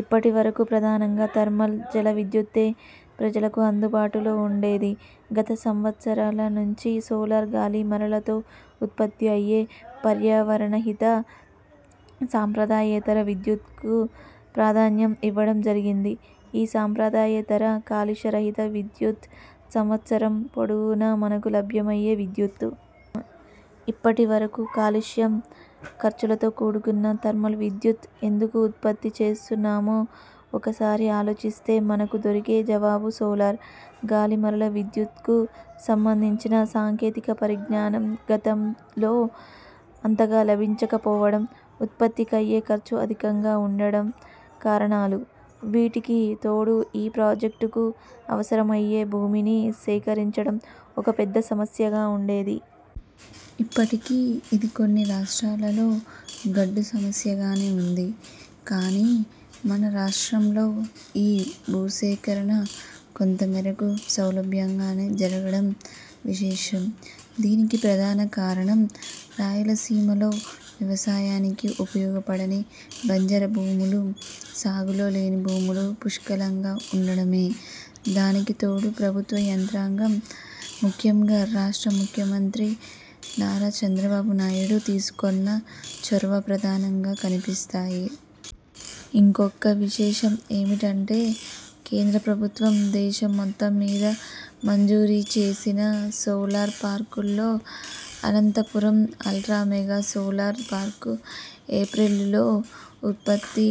ఇప్పటి వరకు ప్రధానంగా థర్మల్, జల విద్యుత్తే ప్రజలకు అందుబాటులో ఉండేది. గత సంవత్సరాల నుంచి సోలార్, గాలి మరలతో ఉత్పత్తి అయ్యే పర్యావరణహిత, సాంప్రదాయేతర విద్యుత్కు ప్రాధాన్యం ఇవ్వడం జరిగింది. ఈ సాంప్రదాయేతర కాలుష్య రహిత విద్యుత్ సంవత్సరం పొడవునా మనకు లభ్యమయ్యే విద్యుత్తు. ఇప్పటి వరకు కాలుష్యం, ఖర్చులతో కూడుకున్న థర్మల్ విద్యుత్ ఎందుకు ఉత్పత్తి చేస్తున్నామో ఒకసారి అలోచిస్తే మనకు దొరికే జవాబు సోలార్, గాలి మరల విద్యుత్కు సంబంధించిన సాంకేతిక పరిజ్ఞానం గతంలో అంతగా లభించకపోవడం, ఉత్పత్తికయ్యే ఖర్చు అధికంగా ఉండడం కారణాలు. వీటికి తోడు ఈ ప్రాజెక్టులకు అవసరమయ్యే భూమిని సేకరించడం ఒకపెద్ద సమస్యగా ఉండేది. ఇప్పటికీ ఇది కొన్ని రాష్ట్రాలలో గడ్డు సమస్యగానే ఉంది. కానీ, మన రాష్ట్రంలో ఈ భూ సేకరణ కొంత మేరకు సౌలభ్యంగానే జరగడం విశేషం. దీనికి ప్రధాన కారణం రాయలసీమలో వ్యవసాయానికి ఉపయోగపడని బంజరు భూములు, సాగులో లేని భూములు పుష్కలంగా ఉండడమే. దానికి తోడు ప్రభుత్వ యంత్రాంగం, ముఖ్యంగా రాష్ట్ర ముఖ్యమంత్రి నారా చంద్రబాబు నాయుడు తీసుకొన్న చొరవ ప్రధానంగా కనిపిస్తాయి. ఇంకొక్క విశేషం ఏమిటంటే కేంద్ర ప్రభుత్వం దేశం మొత్తం మీద మంజూరీ చేసిన సోలార్ పార్కుల్లో Anantapuram ultra mega solar park April లో ఉత్పత్తి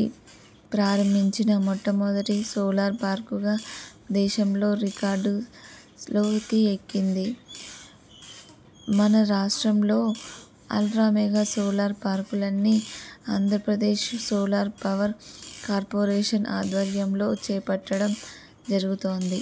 ప్రారంభించిన మొట్టమొదటి సోలార్ పార్కుగా దేశంలో రికార్డులోకి ఎక్కింది. మన రాష్ట్రంలో అల్ట్రా మోగా సోలార్ పార్కులన్నీ ఆంధ్రప్రదేశ్ సోలార్ పవర్ కార్పొరేషన్ ఆధ్వర్యంలో చేపట్టడం జరుగుతోంది.